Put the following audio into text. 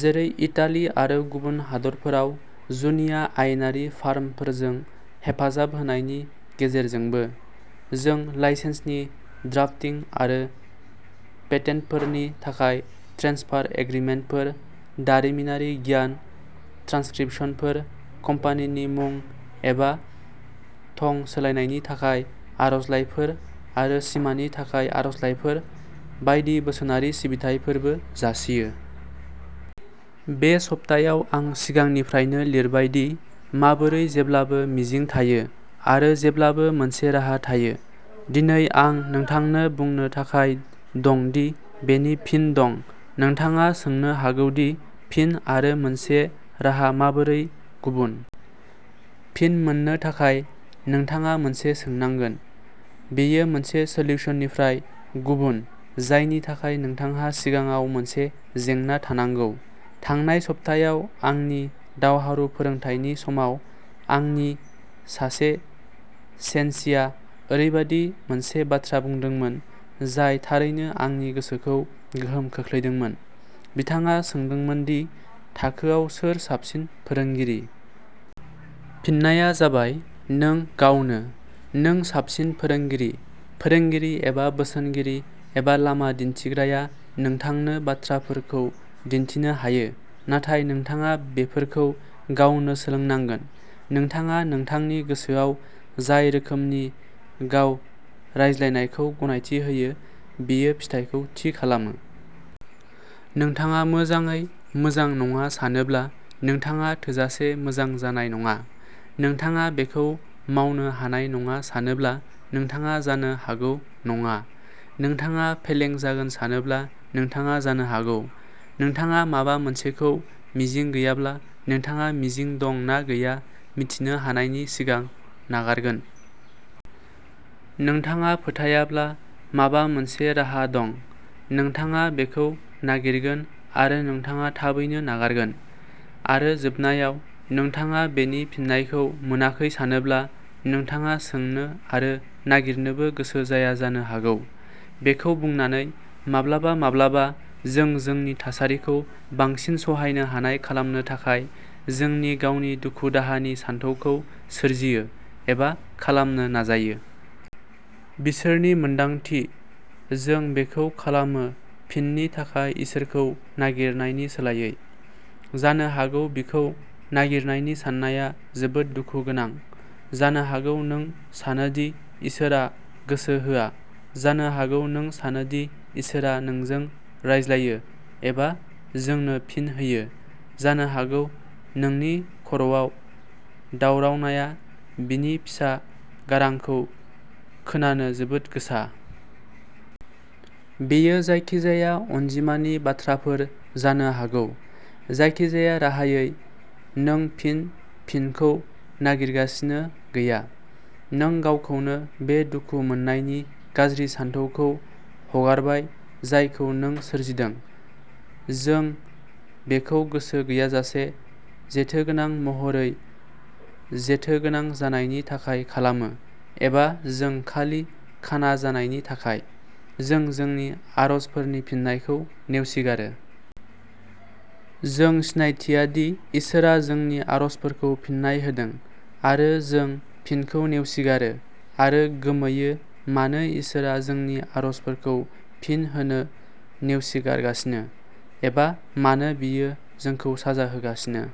जेरै, इटाली आरो गुबुन हादोरफोराव जुनिया आयेनारि फार्मफोरजों हेफाजाब होनायनि गेजेरजोंबो। जों लाइसेन्सनि ड्राफ्टिं आरो पेटेन्टफोरनि थाखाय ट्रेन्सफार एग्रिमेन्टफोर, दारिमिनारि गियान, ट्रान्सक्रिप्शनफोर, कम्पानिनि मुं एबा थं सोलायनायनि थाखाय आर'जलाइफोर आरो सिमानि थाखाय आर'जलाइफोर बायदि बोसोनारि सिबिथाइफोरबो जासियो। बे सप्तायाव आं सिगांनिफ्रायनो लिरबाय दि माबोरै जेब्लाबो मिजिं थायो, आरो जेब्लाबो मोनसे राहा थायो। दिनै आं नोंथांनो बुंनो थाखाय दं दि बेनि फिन दं। नोंथाङा सोंनो हागौ दि फिन आरो मोनसे राहा माबोरै गुबुन। फिन मोननो थाखाय, नोंथाङा मोनसे सोंनांगोन। बेयो मोनसे सल्युसननिफ्राय गुबुन-जायनि थाखाय नोंथांहा सिगाङाव मोनसे जेंना थानांगौ। थांनाय सप्तायाव आंनि दावहारु फोरोंथायनि समाव, आंनि सासे सेन्सिया ओरैबायदि मोनसे बाथ्रा बुंदोंमोन जाय थारैनो आंनि गोसोखौ गोहोम खोख्लैदोंमोनः बिथाङा सोंदोंमोन दि थाखोयाव सोर साबसिन फोरोंगिरि। फिननाया जाबायः नों गावनो! नों साबसिन फोरोंगिरि। फोरोंगिरि एबा बोसोनगिरि एबा लामा दिन्थिग्राया नोंथांनो बाथ्राफोरखौ दिन्थिनो हायो, नाथाय नोंथाङा बेफोरखौ गावनो सोलोंनांगोन। नोंथाङा नोंथांनि गोसोआव जाय रोखोमनि गाव-रायज्लायनायखौ गनायथि होयो, बेयो फिथायखौ थि खालामो। नोंथाङा मोजाङै मोजां नङा सानोब्ला, नोंथाङा थोजासे मोजां जानाय नङा। नोंथाङा बेखौ मावनो हानाय नङा सानोब्ला, नोंथाङा जानो हागौ नङा। नोंथाङा फेलें जागोन सानोब्ला, नोंथाङा जानो हागौ। नोंथाङा माबा मोनसेखौ मिजिं गैयाब्ला, नोंथाङा मिजिं दं ना गैया मिथिनो हानायनि सिगां नागारगोन। नोंथाङा फोथायाब्ला माबा मोनसे राहा दं, नोंथाङा बेखौ नागिरगोन आरो नोंथाङा थाबैनो नागारगोन। आरो जोबनायाव, नोंथाङा बेनि फिननायखौ मोनाखै सानोब्ला, नोंथाङा सोंनो आरो नागिरनोबो गोसो जाया जानो हागौ। बेखौ बुंनानै, माब्लाबा-माब्लाबा जों जोंनि थासारिखौ बांसिन सहायनो हानाय खालामनो थाखाय जोंनि गावनि दुखु-दाहानि सानथौखौ सोरजियो, एबा खालामनो नाजायो। बिसोरनि मोन्दांथि। जों बेखौ खालामो फिननि थाखाय इसोरखौ नागिरनायनि सोलायै। जानो हागौ बिखौ नागिरनायनि साननाया जोबोद दुखु गोनां; जानो हागौ नों सानो दि इसोरआ गोसो होआ; जानो हागौ नों सानो दि इसोरआ नोंजों रायज्लायो एबा जोंनो फिन होयो; जानो हागौ नोंनि खर'आव दावरावनाया बिनि फिसा गारांखौ खोनानो जोबोद गोसा। बेयो जायखिजाया अनजिमानि बाथ्राफोर जानो हागौ। जायखिजाया राहायै, नों फिन फिनखौ नागिरगासिनो गैया। नों गावखौनो बे दुखु मोन्नायनि गाज्रि सानथौखौ हगारबाय जायखौ नों सोरजिदों। जों बेखौ गोसो गैयाजासे, जेथोगोनां महरै ों जेथोगोनां जानायनि थाखाय खालामो, एबा जों खालि खाना जानायनि थाखाय, जों जोंनि आरजफोरनि फिननायखौ नेवसिगारो। जों सिनायथिया दि इसोरआ जोंनि आरजफोरखौ फिननाय होदों, आरो जों फिनखौ नेवसिगारो आरो गोमोयो मानो इसोरआ जोंनि आरजफोरखौ फिन होनो'नेवसिगारगासिनो ', एबा मानो बियो जोंखौ साजा होगासिनो।